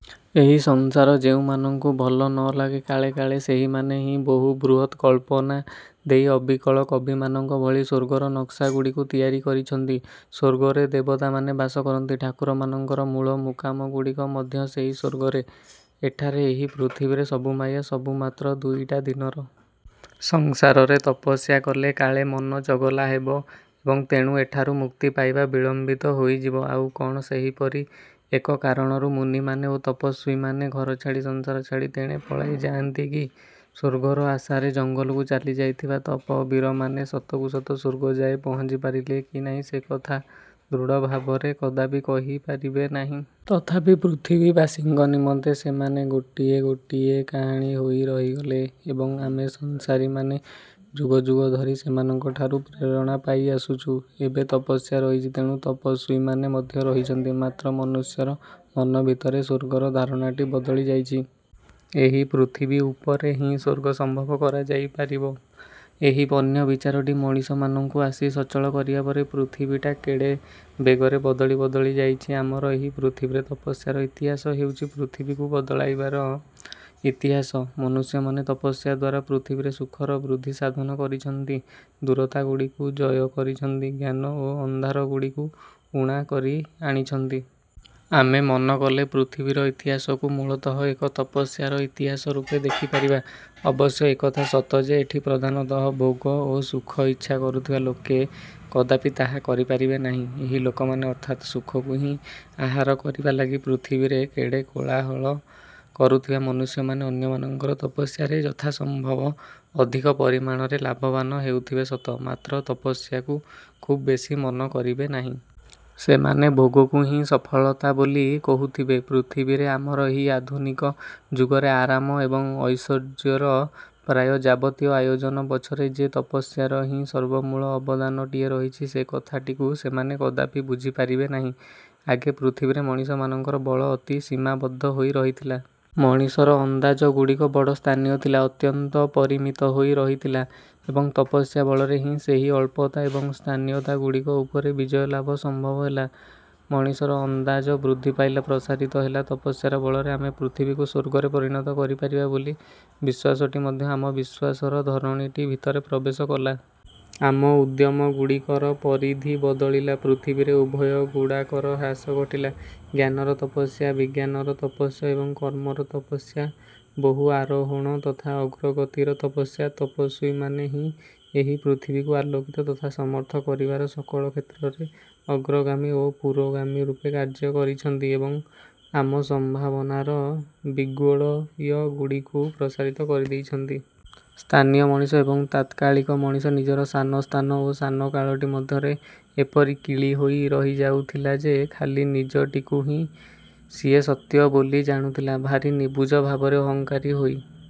ଏହି ସଂସାର ଯେଉଁମାନଙ୍କୁ ଭଲ ନଲାଗେ କାଳେ କାଳେ ସେହିମାନେ ହିଁ ବହୁ ବୃହତ୍ କଳ୍ପନା ଦେଇ ଅବିକଳ କବିମାନଙ୍କ ଭଳି ସ୍ୱର୍ଗର ନକ୍ସାଗୁଡ଼ିକୁ ତିଆରି କରିଛନ୍ତି। ସ୍ୱର୍ଗରେ ଦେବତାମାନେ ବାସ କରନ୍ତି। ଠାକୁରମାନଙ୍କର ମୂଳ ମୁକାମଗୁଡ଼ିକ ମଧ୍ୟ ସେଇ ସ୍ଵର୍ଗରେ। ଏଠାରେ ଏହି ପୃଥିବୀରେ ସବୁ ମାୟା, ସବୁ ମାତ୍ର ଦୁଇଟା ଦିନର। ସଂସାରରେ ତପସ୍ୟା କଲେ କାଳେ ମନ ଚଗଲା ହେବ ଏବଂ ତେଣୁ ଏଠାରୁ ମୁକ୍ତି ପାଇବା ବିଳମ୍ବିତ ହୋଇଯିବ, ଆଉ କଣ ସେହିପରି ଏକ କାରଣରୁ ମୁନିମାନେ ଓ ତପସ୍ୱୀମାନେ ଘରଛାଡ଼ି ସଂସାର ଛାଡ଼ି ତେଣେ ପଳାଇ ଯାଆନ୍ତି କି? ସ୍ଵର୍ଗର ଆଶାରେ ଜଙ୍ଗଲକୁ ଚାଲି ଯାଇଥିବା ତପଃବୀରମାନେ ସତକୁ ସତ ସ୍ୱର୍ଗ ଯାଏ ପହଞ୍ଚିପାରିଲେ କି ନାହିଁ ସେ କଥା ଦୃଢ଼ ଭାବରେ କଦାପି କହିପାରିବେ ନାହିଁ। ତଥାପି ପୃଥିବୀବାସୀଙ୍କ ନିମନ୍ତେ ସେମାନେ ଗୋଟିଏ ଗୋଟିଏ କାହାଣୀ ହୋଇ ରହିଗଲେ। ଏବଂ ଆମେ ସଂସାରୀମାନେ ଯୁଗ ଯୁଗ ଧରି ସେମାନଙ୍କଠାରୁ ପ୍ରେରଣା ପାଇଆସୁଛୁ। ଏବେ ତପସ୍ୟା ରହିଛି, ତେଣୁ ତପସ୍ୱୀମାନେ ମଧ୍ୟ ରହିଛନ୍ତି। ମାତ୍ର ମନୁଷ୍ୟର ମନ ଭିତରେ ସ୍ଵର୍ଗର ଧାରଣାଟି ବଦଳି ଯାଇଛି। ଏହି ପୃଥିବୀ ଉପରେ ହିଁ ସ୍ଵର୍ଗ ସମ୍ଭବ କରାଯାଇପାରିବ। ଏହି ଅନ୍ୟ ବିଚାରଟି ମଣିଷମାନଙ୍କୁ ଆସି ସଚଳ କରିବା ପରେ ପୃଥିବୀଟା କେଡ଼େ ବେଗରେ ବଦଳି ବଦଳି ଯାଇଛି। ଆମର ଏହି ପୃଥିବୀରେ ତପସ୍ୟାର ଇତିହାସ ହେଉଛି ପୃଥିବୀକୁ ବଦଳାଇବାର ଇତିହାସ। ମନୁଷ୍ୟମାନେ ତପସ୍ୟା ଦ୍ୱାରା ପୃଥିବୀରେ ସୁଖର ବୃଦ୍ଧିସାଧନ କରିଛନ୍ତି, ଦୂରତାଗୁଡ଼ିକୁ ଜୟ କରିଛନ୍ତି, ଅଜ୍ଞାନ ଓ ଅନ୍ଧାରଗୁଡ଼ିକୁ ଉଣା କରି ଆଣିଛନ୍ତି। ଆମେ ମନ କଲେ ପୃଥିବୀର ଇତିହାସକୁ ମୂଳତଃ ଏକ ତପସ୍ୟାର ଇତିହାସ ରୂପେ ଦେଖିପାରିବା। ଅବଶ୍ୟ ଏକଥା ସତ ଯେ ଏଠି ପ୍ରଧାନତଃ ଭୋଗ ଓ ସୁଖ ଇଚ୍ଛା କରୁଥିବା ଲୋକେ କଦାପି ତାହା କରିପାରିବେ ନାହିଁ। ଏହି ଲୋକମାନେ ଅର୍ଥାତ୍ ସୁଖକୁ ହିଁ ଆହାର କରିବା ଲାଗି ପୃଥିବୀରେ କେଡ଼େ କୋଳାହଳ କରୁଥିବା ମନୁଷ୍ୟମାନେ ଅନ୍ୟମାନଙ୍କର ତପସ୍ୟାରେ ଯଥାସମ୍ଭବ ଅଧିକ ପରିମାଣରେ ଲାଭବାନ ହେଉଥିବେ ସତ, ମାତ୍ର ତପସ୍ୟାକୁ ଖୁବ୍ ବେଶୀ ମନ କରିବେ ନାହିଁ। ସେମାନେ ଭୋଗକୁ ହିଁ ସଫଳତା ବୋଲି କହୁଥିବେ। ପୃଥିବୀରେ ଆମର ଏହି ଆଧୁନିକ ଯୁଗରେ ଆରାମ ଏବଂ ଐଶ୍ୱର୍ଯ୍ୟର ପ୍ରାୟ ଯାବତୀୟ ଆୟୋଜନ ପଛରେ ଯେ ତପସ୍ୟାର ହିଁ ସର୍ବମୂଳ ଅବଦାନଟିଏ ରହିଛି, ସେ କଥାଟିକୁ ସେମାନେ କଦାପି ବୁଝିପାରିବେ ନାହିଁ। ଆଗେ ପୃଥିବୀରେ ମଣିଷମାନଙ୍କର ବଳ ଅତି ସୀମାବଦ୍ଧ ହୋଇ ରହିଥିଲା। ମଣିଷର ଅନ୍ଦାଜଗୁଡ଼ିକ ବଡ଼ ସ୍ଥାନୀୟ ଥିଲା, ଅତ୍ୟନ୍ତ ପରିମିତ ହୋଇ ରହିଥିଲା। ଏବଂ ତପସ୍ୟା ବଳରେ ହିଁ ସେହି ଅଳ୍ପତା ଏବଂ ସ୍ଥାନୀୟତାଗୁଡ଼ିକ ଉପରେ ବିଜୟଲାଭ ସମ୍ଭବ ହେଲା, ମଣିଷର ଅନ୍ଦାଜ ବୃଦ୍ଧି ପାଇଲା, ପ୍ରସାରିତ ହେଲା। ତପସ୍ୟାର ବଳରେ ଆମେ ପୃଥିବୀକୁ ସ୍ୱର୍ଗରେ ପରିଣତ କରିପାରିବା ବୋଲି ବିଶ୍ୱାସଟି ମଧ୍ୟ ଆମ ବିଶ୍ୱାସର ଧରଣୀଟି ଭିତରେ ପ୍ରବେଶ କଲା। ଆମ ଉଦ୍ୟମଗୁଡ଼ିକର ପରିଧି ବଦଳିଲା, ପୃଥିବୀରେ ଭୟଗୁଡ଼ାକର ହ୍ରାସ ଘଟିଲା। ଜ୍ଞାନର ତପସ୍ୟା, ବିଜ୍ଞାନର ତପସ୍ୟ ଏବଂ କର୍ମର ତପସ୍ୟା, ବହୁ ଆରୋହଣ ତଥା ଅଗ୍ରଗତିର ତପସ୍ୟା। ତପସ୍ୱୀମାନେ ହିଁ ଏହି ପୃଥିବୀକୁ ଆଲୋକିତ ତଥା ସମର୍ଥ କରିବାର ସକଳ କ୍ଷେତ୍ରରେ ଅଗ୍ରଗାମୀ ଓ ପୁରୋଗାମୀ ରୂପେ କାର୍ଯ୍ୟ କରିଛନ୍ତି ଏବଂ ଆମ ସମ୍ଭାବନାର ଦିଗ୍ବଳୟଗୁଡ଼ିକୁ ପ୍ରସାରିତ କରି ଦେଇଛନ୍ତି। ସ୍ଥାନୀୟ ମଣିଷ ଏବଂ ତାତ୍କାଳିକ ମଣିଷ ନିଜର ସାନ ସ୍ଥାନ ଓ ସାନ କାଳଟି ମଧ୍ୟରେ ଏପରି କିଳି ହୋଇ ରହି ଯାଉଥିଲା ଯେ ଖାଲି ନିଜଟିକୁ ହିଁ ସିଏ ସତ୍ୟ ବୋଲି ଜାଣୁଥିଲା ଭାରି ନିବୁଜ ଭାବରେ ଅହଂକାରୀ ହୋଇ